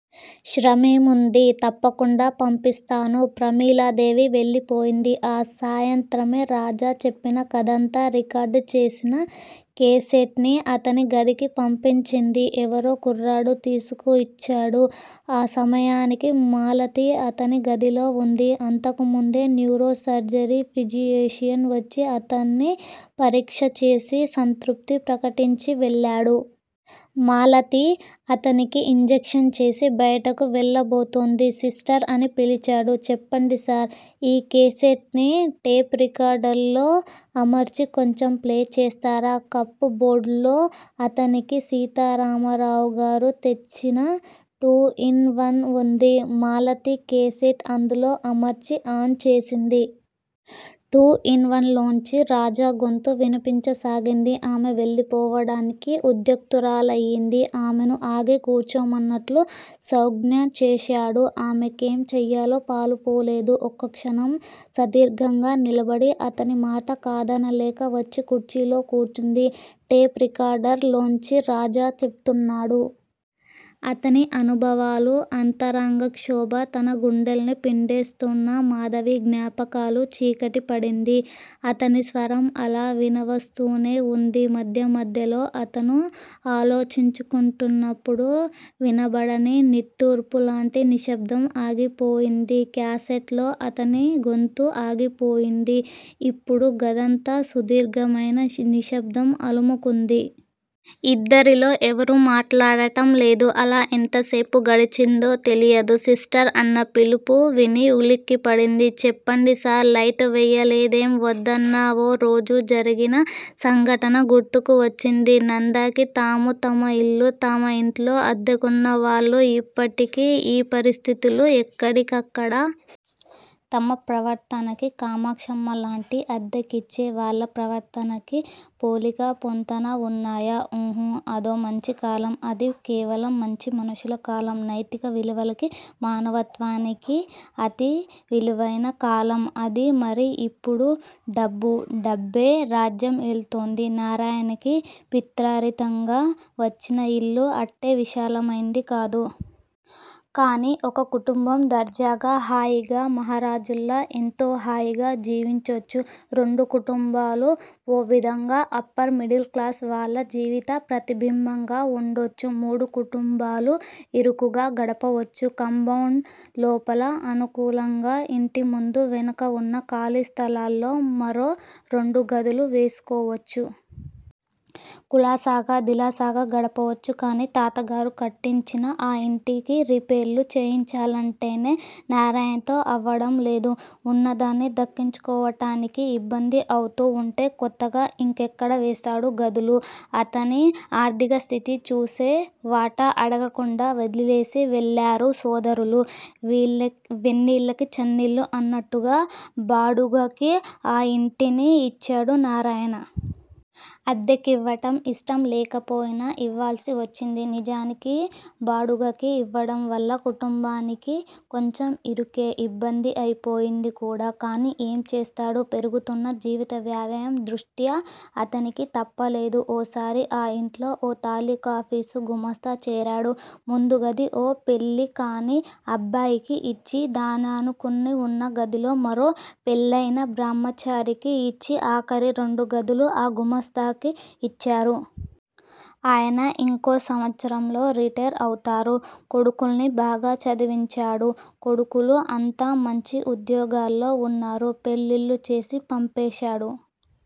శ్రమేముంది? తప్పకుండా పంపిస్తాను. ప్రమీలాదేవి వెళ్ళిపోయింది. ఆ సాయంత్రమే రాజా చెప్పిన కథంతా రికార్డ్ చేసిన కేసెట్ ని అతని గదికి పంపించింది. ఎవరో కుర్రాడు తీసుకొయిచ్చాడు. ఆ సమయానికి మాలతి అతని గదిలో వుంది. అంతకుముందే న్యూరో సర్జరీ ఫిజీఏషియన్ వచ్చి అతన్ని పరీక్షచేసి సంతృప్తి ప్రకటించి వెళ్ళాడు. మాలతి అతనికి ఇంజక్షన్ చేసి బయటకు వెళ్ళబోతోంది. సిస్టర్! అని పిలిచాడు. చెప్పండి సర్! ఈ కేసెట్ ని టేప్ రికార్డర్ లో అమర్చి కొంచెం ప్లే చేస్తారా? కప్ బోర్డ్ లో అతనికి సీతారామారావుగారు తెచ్చిన టూ ఇన్ వన్ వుంది. మాలతి కేసెట్ అందులో అమర్చి ఆన్ చేసింది. టూ ఇన్ వన్ లోంచి రాజా గొంతు వినిపించసాగింది. ఆమె వెళ్ళిపోవడానికి ఉద్యుక్తురాలయింది. ఆమెను ఆగి కూర్చోమన్నట్లు సౌంజ్ఞ చేశాడు. ఆమెకేం చెయ్యాలో పాలుపోలేదు. ఒక్క క్షణం సదీ ర్గంగ నిలబడి అతని మాట కాదనలేక వచ్చి కుర్చీలో కూర్చుంది. టేప్ రికార్డర్ లోంచి రాజా చెబుతున్నాడు. అతని అనుభవాలు, అంతరంగ క్షోభ, తన గుండెల్ని పిండేస్తున్న మాధవి జ్ఞాపకాలు చీకటి పడింది. అతని స్వరం అలా వినవస్తూనే వుంది. మధ్య మధ్యలో అతను ఆలోచించుకుంటున్నప్పుడు వినబడని నిట్టూర్పులాంటి నిశ్శబ్దం. అగిపొయింది. క్యాసెట్ లో అతని గొంతు ఆగిపోయింది. ఇప్పుడు గదంతా సుదీర్ఘమైన నిశ్శబ్దం అలుముకుంది. ఇద్దరిలో ఎవరూ మాట్లాడటంలేదు. అలా ఎంతసేపు గడిచిందో తెలియదు. సిస్టర్! అన్న పిలుపు విని ఉలిక్కిపడింది. చెప్పండి సర్! లైటు వెయ్యలేదేం? వద్దన్నా వో రోజు జరిగిన సంఘటన గుర్తుకు వచ్చింది నందకి. తామూ, తమ యిల్లూ, తమ యింట్లో అద్దెకున్న వాళ్ళూ యిప్పటికి ఈ పరిస్థితులు ఎక్కడి కక్కడ! తమ ప్రవర్తనకి కామాక్షమ్మలాంటి అద్దెకిచ్చే వాళ్ళ ప్రవర్తనకీ పోలికా పొంతనా వున్నయ్యా! ఊహూ అదో మంచి కాలం! అది కేవలం మంచి మనుషుల కాలం! నైతిక విలువలకి మానవత్వనికి అతి విలువయిన కాలం అది మరి యిప్పుడు! డబ్బు! డబ్బే రాజ్యం ఏల్తోంది! నారాయణకి పిత్రారితంగా వచ్చిన యిల్లు అట్టే విశాలమైంది కాదు. కానీ ఒక కుటుంబం దర్జాగా, హాయిగా మహారాజుల్లా ఎంతో హాయిగా జీవించొచ్చు! రెండు కుటుంబాలు వో విధంగా, అప్పర్ మిడిల్ క్లాసు వాళ్ళ జీవిత ప్రతిబింబంగా వుండచ్చు! మూడు కుటుంబాలు ఇరుకుగా గడపవచ్చు. ఖంబౌండ్ లోపల అనుకూలంగా ఇంటిముందూ, వెనుకవున్న ఖాళీస్థలాల్లో మరో రెండుగదులు వేసుకోవచ్చు. కులాసాగా దిలాసాగా గడపవచ్చు! కానీ తాతగారు కట్టించిన ఆ ఇంటికి రిపేర్లు చేయించాలంటేనే నారాయణతో అవడంలేదు. ఉన్నదాన్ని దక్కించుకోవటానికి యిబ్బంది అవుతూ వుంటే కొత్తగా ఇంకెక్కడ వేస్తాడు గదులు? అతని ఆర్ధిక స్థితి చూసే వాటా అడగకుండా వదిలేసి వెళ్ళారు సోదరులు. వేన్నీళ్ళకి చన్నీళ్ళు అన్నట్టుగా బాడుగకి ఆ యింటిని ఇచ్చాడు నారాయణ. అద్దెకివ్వటం ఇష్టం లేకపోయినా యివ్వాల్సి వచ్చింది. నిజానికి బాడుగకి ఇవ్వడంవల్ల కుటుంబానికి కొంచెం ఇరుకే- యిబ్బంది అయిపోయింది కూడా! కానీ ఏం చేస్తాడు? పెరుగుతున్న జీవిత వ్యయం దృష్ట్యా అతనికి తప్పలేదు ఓసారి ఆ యింట్లో ఓ తాలుకాఫీసు గుమాస్తా చేరాడు. ముందుగది ఓ పెళ్ళికాని అబ్బాయికి ఇచ్చి దాన్నానుకుని వున్న గదిలో మరో పెళ్ళయిన బ్రహ్మచారికి యిచ్చి ఆఖరి రెండు గదులు ఆ గుమాస్తాకి యిచ్చారు. ఆయన ఇంకో సంవత్సరంలో రిటైర్ అవుతారు. కొడుకుల్ని బాగా చదివించాడు! కొడుకులు అంతా మంచి ఉద్యోగాల్లో వున్నారు. పెళ్ళిళ్ళు చేసి పంపేశాడు.